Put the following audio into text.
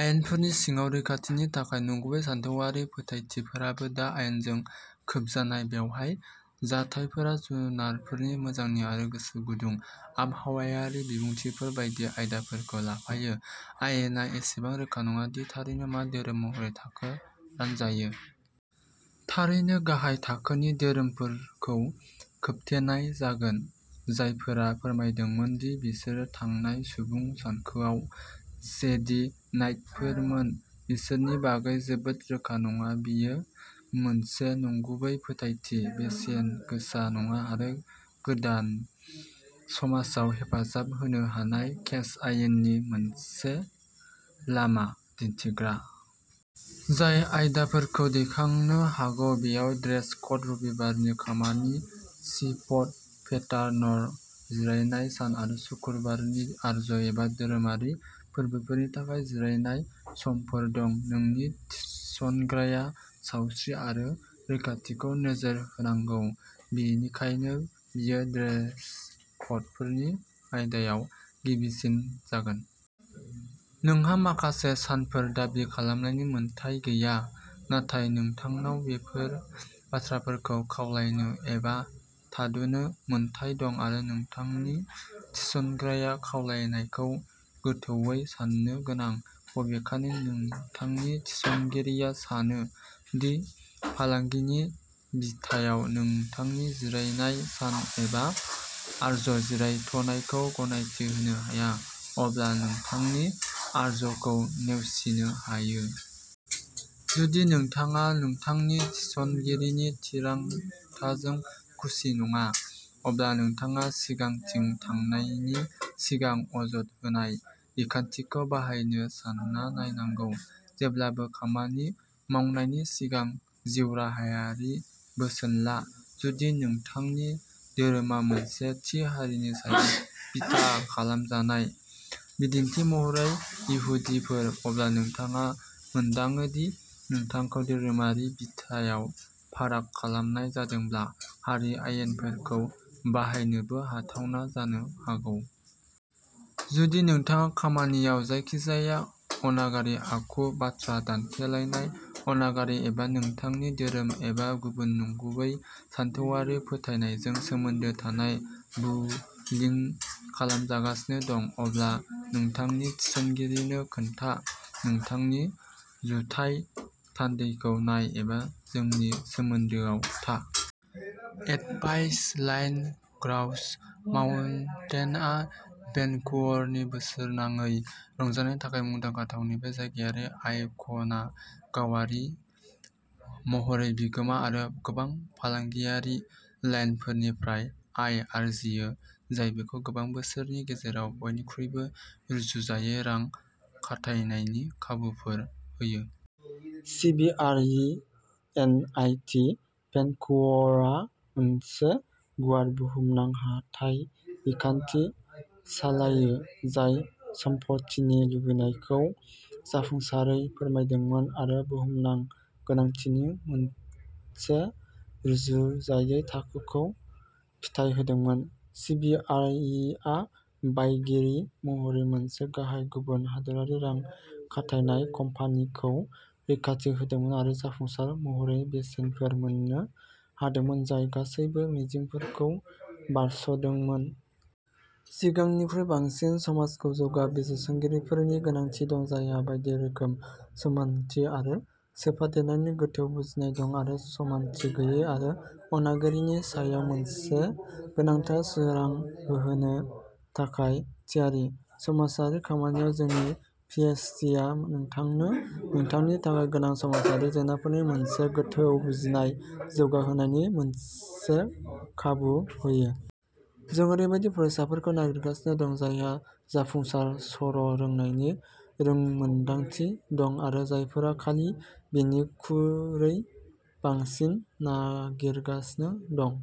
आयेनफोरनि सिङाव रैखाथिनि थाखाय। नंगुबै सानथौआरि फोथायथिफोराबो दा आयेनजों खोबजानाय। बेवहाय जाथायफोरा जुनारफोरनि मोजांनि आरो गोसो गुदुं आबहावायारि बिबुंथिफोर बायदि आयदाफोरखौ लाफायो। आयेनआ एसेबां रोखा नङा दि थारैनो मा धोरोम महरै थाखो रानजायो। थारैनो गाहाय थाखोनि धोरोमफोरखौ खोबथेनाय जागोन। जायफोरा फोरमायदोंमोन दि बिसोर थांनाय सुबुं सानखोआव जेदि नाइटफोरमोन, बिसोरनि बागै जोबोद रोखा नङा बेयो मोनसे नंगुबै फोथायथि, बेसेनगोसा नङा आरो गोदान समाजाव हेफाजाब होनो हानाय केस आयेननि मोनसे लामा दिन्थिग्रा। जाय आयदाफोरखौ दैखांनो हागौ बेयाव ड्रेस क'ड, रबिबारनि खामानि, सिफ्ट पेटार्न, जिरायनाय सान आरो शुक्रबारनि आरज एबा धोरोमारि फोरबोफोरनि थाखाय जिरायनाय समफोर दं। नोंनि थिसग्राया सावस्रि आरो रैखाथिखौ नोजोर होनांगौ, बेनिखायनो बेयो ड्रेस क'डफोरनि आयदायाव गिबिसिन जागोन। नोंहा माखासे सानफोर दाबि खालामनायनि मोन्थाइ गैया। नाथाय नोंथांनाव बेफोर बाथ्राफोरखौ खावलायनो एबा थाद'नो मोन्थाइ दं आरो नोंथांनि थिसनग्राया खावलायनायखौ गोथौवै सान्नो गोनां। बबेखानि, नोंथांनि थिसनगिरिया सानो दि फालांगिनि बिथायाव नोंथांनि जिरायनाय सान एबा आर'ज जिरायथ'नायखौ गनायथि होनो हाया, अब्ला नोंथांनि आर'जखौ नेवसिनो हायो। जुदि नोंथाङा नोंथांनि थिसनगिरिनि थिरांथाजों खुसि नङा, अब्ला नोंथाङा सिगांथिं थांनायनि सिगां अजद होनाय बिखान्थिखौ बाहायनो सानना नायनांगौ। जेब्लाबो खामानि मावनायनि सिगां जिउराहायारि बोसोन ला। जुदि नोंथांनि धोरोमा मोनसे थि हारिनि सायाव बिथा खालामजानाय, बिदिन्थि महरै इहुदिफोर, अब्ला नोंथाङा मोनदाङो दि नोंथांखौ धोरोमारि बिथायाव फाराग खालामनाय जादोंब्ला हारि आयेनफोरखौ बाहायनोबो हाथावना जानो हागौ। जुदि नोंथाङा खामानियाव जायखिजाया अनागारि आखु, बाथ्रा दानथेलायनाय, अनागारि एबा नोंथांनि धोरोम एबा गुबुन नंगुबै सानथौआरि फोथायनायजों सोमोन्दो थानाय बुलिं खालामजागासिनो दं, अब्ला नोंथांनि थिसनगिरिनो खोन्था, नोंथांनि जुथाइ थान्दैखौ नाय एबा जोंनि सोमोन्दोआव था। Advice line. ग्राउस माउन्टेनआ भेनकुवरनि बोसोरनाङै रंजानायनि थाखाय मुंदांखा थावनि। बे जायगायारि आइक'ना गावारि महरै बिगोमा आरो गोबां फालांगियारि लाइनफोरनिफ्राय आय आर्जियो, जाय बेखौ गोबां बोसोरनि गेजेराव बयनिख्रुइबो रुजुजायै रां खाथायनायनि खाबुफोर होयो। सिबिआरइ एनआइटि-भेनकुवरआ मोनसे गुवार बुहुमनां हाथाय बिखान्थि सालायो जाय सम्पथिनि लुबैनायखौ जाफुंसारै फोरमायदोंमोन आरो बुहुमनां गोनांथिनि मोनसे रुजुजायै थाखोखौ फिथाय होदोंमोन। सिबिआरइआ बायगिरि महरै मोनसे गाहाय गुबुन हादोरारि रां खाथायनाय कम्पानिखौ रैखाथि होदोंमोन आरो जाफुंसार महरै बेसेनफोर मोन्नो हादोंमोन जाय गासैबो मिजिंफोरखौ बारस'दोंमोन। सिगांनिख्रुइ बांसिन, समाजखौ जौगा बिजिरसंगिरिफोरनि गोनांथि दं जायहा बायदि रोखोम, समानथि आरो सोफादेरनायनि गोथौ बुजिनाय दं आरो समानथि गैयै आरो अनागारिनि सायाव मोनसे गोनांथार सोरां जोंहोनो थाखाय थियारि। समाजारि खामानियाव जोंनि पिएइचडिआ नोंथांनो नोंथांनि थाखाय गोनां समाजारि जेंनाफोरनि मोनसे गोथौ बुजिनाय जौगाहोनायनि मोनसे खाबु होयो। जों ओरैबायदि फरायसाफोरखौ नागिरगासिनो दं जायहा जाफुंसार सर'रोंनायनि रोंमोनदांथि दं आरो जायफोरा खालि बेनिखुरै बांसिन नागिरगासिनो दं।